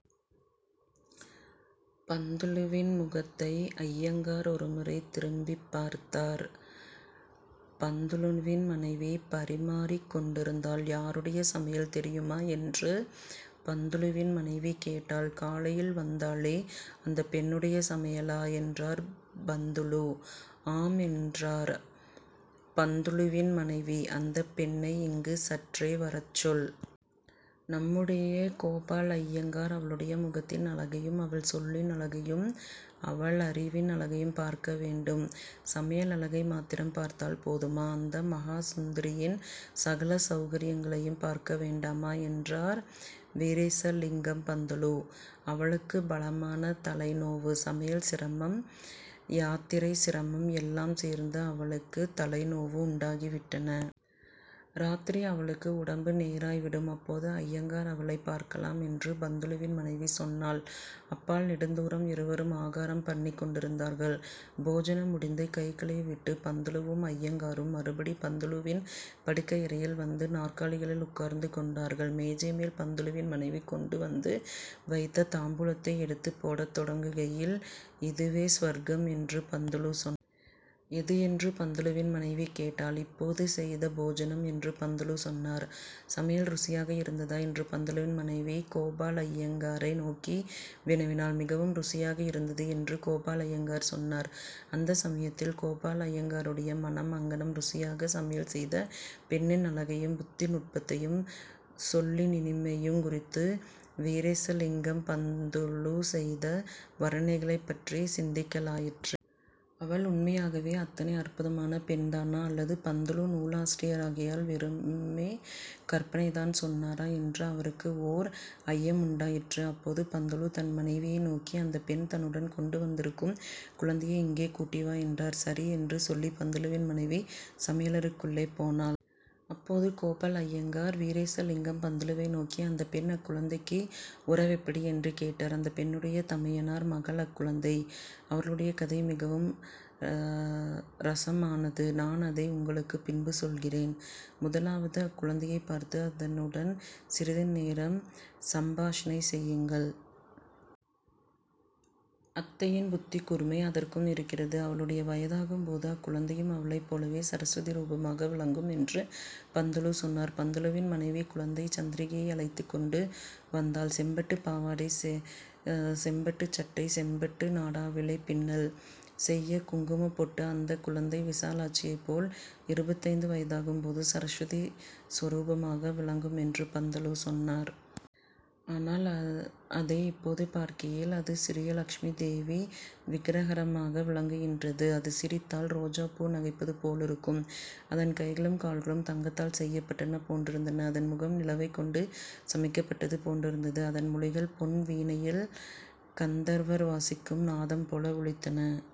பந்துலுவின் முகத்தை அய்யங்கார் ஒரு முறை திரும்பிப் பார்த்தார். பந்துலுவின் மனைவி பரிமாறிக் கொண்டிருந்தாள். ''யாருடைய சமையல் தெரியுமா? '' என்று பந்துலுவின் மனைவி கேட்டாள். ''காலையில் வந்தாளே, அந்தப் பெண்ணுடைய சமையலா? '' என்றார் பந்துலு. ''ஆம்'' என்றால் பந்துலுவின் மனைவி. ''அந்தப் பெண்ணை இங்கு சற்றே வரச்சொல். நம்முடைய கோபாலய்யங்கார் அவளுடைய முகத்தின் அழகையும் அவள் சொல்லின் அழகையும் அவளறிவின் அழகையும் பார்க்க வேண்டும். சமையலழகை மாத்திரம் பார்த்தால் போதுமா? அந்த மகா சுந்தரியின் சகல சௌந்தர்யங்களையும் பார்க்க வேண்டாமா? '' என்றார் வீரேசலிங்கம் பந்துலு. ''அவளுக்கு பலமான தலைநோவு. சமையல் சிரமம் யாத்திரை சிரமம் எல்லாம் சேர்ந்து அவளுக்குத் தலைநோவு உண்டாக்கிவிட்டன. இராத்திரி அவளுக்கு உடம்பு நேராய் விடும். அப்போது அய்யங்கார் அவளைப் பார்க்கலாம்'' என்று பந்துலுவின் மனைவி சொன்னாள். அப்பால் நெடுநேரம் இருவரும் ஆகாரம் பண்ணிக் கொண்டிருந்தார்கள். போஜனம் முடிந்து கைகழுவிவிட்டுப் பந்துலுவும் அய்யங்காரும் மறுபடி பந்துலுவின் படிப்பறையில் வந்து நாற்காலிகளில் உட்கார்ந்து கொண்டார்கள். மேஜைமேல் பந்துலுவின் மனைவி கொண்டு வந்து வைத்த தாம்பூலத்தை எடுத்துப் போடத் தொடங்குகையில் ''இதுவே சுவர்க்கம்'' என்று பந்துலு சொன்னார். ''எது? '' என்று பந்தலுவின் மனைவி கேட்டாள். ''இப்போது செய்த போஜனம்'' என்று பந்துலு சொன்னார். ''சமையல் ருசியாக இருந்ததா? '' என்று பந்துலுவின் மனைவி கோபாலய்யங்காரை நோக்கி வினவினாள். ''மிகவும் ருசியாக இருந்தது'' என்று கோபாலய்யங்கார் சொன்னார். அந்த சமயத்தில் கோபாலய்யங்காருடைய மனம் அங்ஙனம் ருசியாகச் சமையல் செய்த பெண்ணின் அழகையும், புத்தி நுட்பத்தையும், சொல்லினிமையையுங் குறித்து வீரேசலிங்கம் பந்துலு செய்த வர்ணனைகளைப் பற்றிச் சிந்திக்கலாயிற்று. அவள், உண்மையாகவே அத்தனை அற்புதமான பெண்தானா? அல்லது பந்துலு நூலாசிரியராகையால் வெறுமே கற்பனை தான் சொன்னாரா? '' என்று அவருக்கு ஓர் ஐயமுண்டாயிற்று. அப்போது பந்துலு தன் மனைவியை நோக்கி, ''அந்தப் பெண் தன்னுடன் கொண்டு வந்திருக்கும் குழந்தையை இங்கே கூட்டி வா'' என்றார். ''சரி'' என்று சொல்லிப் பந்துலுவின் மனைவி சமையலறைக்குள்ளே போனாள். அப்போது கோபாலய்யங்கார் வீரேசலிங்கம் பந்துலுவை நோக்கி:- ''அந்தப் பெண் அக்குழந்தைக்கு உறவெப்படி? '' என்று கேட்டார். ''அந்தப் பெண்ணுடைய தமையனார் மகள் அக்குழந்தை. அவர்களுடைய கதை மிகவும் ரஸமானது. நான் அதை உங்களுக்குப் பின்பு சொல்லுகிறேன். முதலாவது, அக்குழந்தையைப் பார்த்து அதனுடன் சிறிது நேரம் சம்பாஷணை செய்யுங்கள். அத்தையின் புத்திக்கூர்மை அதற்கும் இருக்கிறது. அவளுடைய வயதாகும்போது அக்குழந்தையும் அவளைப் போலவே சரஸ்வதி ரூபமாக விளங்கும்'' என்று பந்துலு சொன்னார். பந்துலுவின் மனைவி குழந்தை சந்திரிகையை அழைத்துக் கொண்டு வந்தாள். செம்பட்டுப் பாவாடை; செம்பட்டுச் சட்டை; செம்பட்டு நாடாவிலே பின்னல், செய்ய குங்குமப் பொட்டு, அந்தக் குழந்தை விசாலாட்சியைப் போல் இருபத்தைந்து வயதாகும்போது சரஸ்வதி ஸ்வரூபமாக விளங்குமென்று பந்துலு சொன்னார். ஆனால் அதை இப்போது பார்க்கையில் அது சிறிய லட்சுமிதேவி விக்ரஹமாக விளங்கிற்று. அது சிரித்தால் ரோஜாப்பூ நகைப்பது போலிருக்கும். அதன் கைகளும் கால்களும் தங்கத்தால் செய்யப்பட்டன போன்றிருந்தன. அதன் முகம் நிலவைக் கொண்டு சமைக்கப்பட்டது போன்றிருந்தது. அதன் மொழிகள் பொன் வீணையில் கந்தர்வர் வாசிக்கும் நாதம்போல் ஒலித்தன.